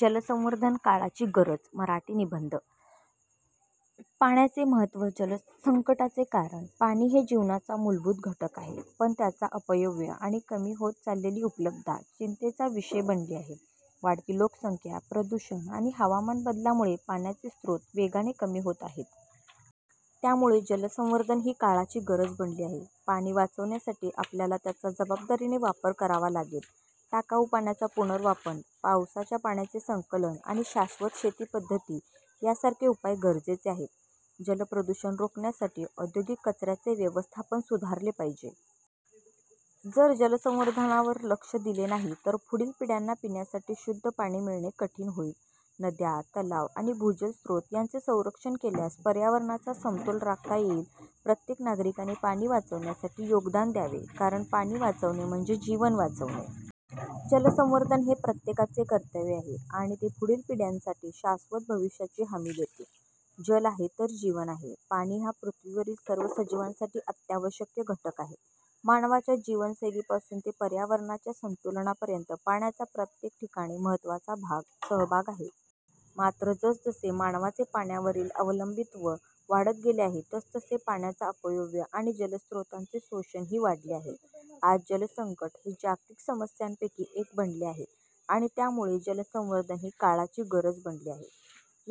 जलसंवर्धन काळाची गरज मराठी निबंध, पाण्याचे महत्त्व, जलसंकटाचे कारण. पाणी हे जीवनाचा मूलभूत घटक आहे, पण त्याचा अपव्यय आणि कमी होत चाललेली उपलब्धता चिंतेचा विषय बनली आहे. वाढती लोकसंख्या, प्रदूषण आणि हवामान बदलामुळे पाण्याचे स्रोत वेगाने कमी होत आहेत. त्यामुळे जलसंवर्धन ही काळाची गरज बनली आहे. पाणी वाचवण्यासाठी आपल्याला त्याचा जबाबदारीने वापर करावा लागेल. टाकाऊ पाण्याचा पुनर्वापर, पावसाच्या पाण्याचे संकलन आणि शाश्वत शेती पद्धती यांसारखे उपाय गरजेचे आहेत. जलप्रदूषण रोखण्यासाठी औद्योगिक कचऱ्याचे व्यवस्थापन सुधारले पाहिजे. जर जलसंवर्धनावर लक्ष दिले नाही तर पुढील पिढ्यांना पिण्यासाठी शुद्ध पाणी मिळणे कठीण होईल. नद्या, तलाव आणि भूजल स्रोत यांचे संरक्षण केल्यास पर्यावरणाचा समतोल राखता येईल. प्रत्येक नागरिकाने पाणी वाचवण्यासाठी योगदान द्यावे, कारण पाणी वाचवणे म्हणजे जीवन वाचवणे. जलसंवर्धन हे प्रत्येकाचे कर्तव्य आहे आणि ते पुढील पिढ्यांसाठी शाश्वत भविष्याची हमी देते. जल आहे तर जीवन आहे. पाणी हा पृथ्वीवरील सर्व सजीवांसाठी अत्यावश्यक घटक आहे. मानवाच्या जीवनशैलीपासून ते पर्यावरणाच्या संतुलनापर्यंत, पाण्याचा प्रत्येक ठिकाणी महत्त्वाचा सहभाग आहे. मात्र, जसजसे मानवाचे पाण्यावरील अवलंबित्व वाढत गेले आहे, तसतसे पाण्याचा अपव्यय आणि जलस्रोतांचे शोषणही वाढले आहे. आज जलसंकट हे जागतिक समस्यांपैकी एक बनले आहे आणि त्यामुळे जलसंवर्धन ही काळाची गरज बनली आहे.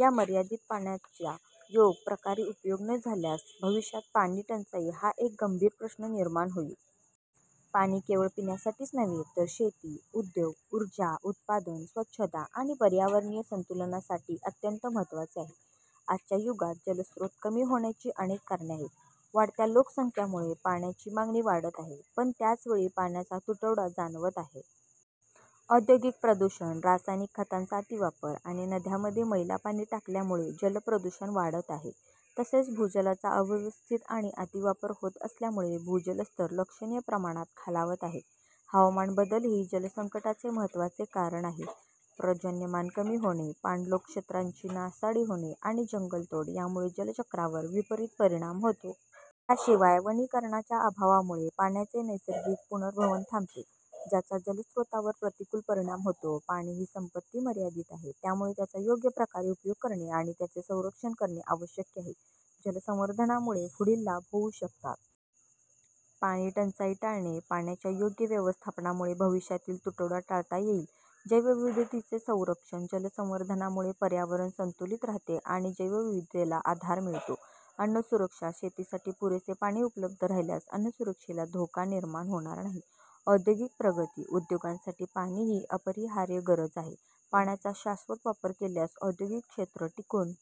या मर्यादित पाण्याचा योग्य प्रकारे उपयोग न झाल्यास भविष्यात पाणीटंचाई हा एक गंभीर प्रश्न निर्माण होईल. पाणी केवळ पिण्यासाठीच नव्हे, तर शेती, उद्योग, ऊर्जा उत्पादन, स्वच्छता आणि पर्यावरणीय संतुलनासाठीही अत्यंत महत्त्वाचे आहे. आजच्या युगात जलस्रोत कमी होण्याची अनेक कारणे आहेत. वाढत्या लोकसंख्येमुळे पाण्याची मागणी वाढत आहे, पण त्याच वेळी पाण्याचा तुटवडा जाणवत आहे. औद्योगिक प्रदूषण, रासायनिक खतांचा अतिवापर आणि नद्यांमध्ये मैलापाणी टाकल्यामुळे जलप्रदूषण वाढत आहे. तसेच, भूजलाचा अव्यवस्थित आणि अतिवापर होत असल्यामुळे भूजलस्तर लक्षणीय प्रमाणात खालावत आहे. हवामान बदलही जलसंकटाचे महत्त्वाचे कारण आहे. पर्जन्यमान कमी होणे, पाणलोट क्षेत्रांची नासाडी होणे आणि जंगलतोड यामुळे जलचक्रावर विपरीत परिणाम होतो. याशिवाय, वनीकरणाच्या अभावामुळे पाण्याचे नैसर्गिक पुनर्भरण थांबते, ज्याचा जलस्रोतांवर प्रतिकूल परिणाम होतो. पाणी ही संपत्ती मर्यादित आहे. त्यामुळे त्याचा योग्य प्रकारे उपयोग करणे आणि त्याचे संरक्षण करणे आवश्यक आहे. जलसंवर्धनामुळे पुढील लाभ होऊ शकतात. पाणीटंचाई टाळणे, पाण्याच्या योग्य व्यवस्थापनामुळे भविष्यातील तुटवडा टाळता येईल. जैवविविधतेचे संरक्षण, जलसंवर्धनामुळे पर्यावरण संतुलित राहते आणि जैवविविधतेला आधार मिळतो. अन्नसुरक्षा, शेतीसाठी पुरेसे पाणी उपलब्ध राहिल्यास अन्नसुरक्षेला धोका निर्माण होणार नाही. औद्योगिक प्रगती, उद्योगांसाठी पाणी ही अपरिहार्य गरज आहे. पाण्याचा शाश्वत वापर केल्यास औद्योगिक क्षेत्र टिकून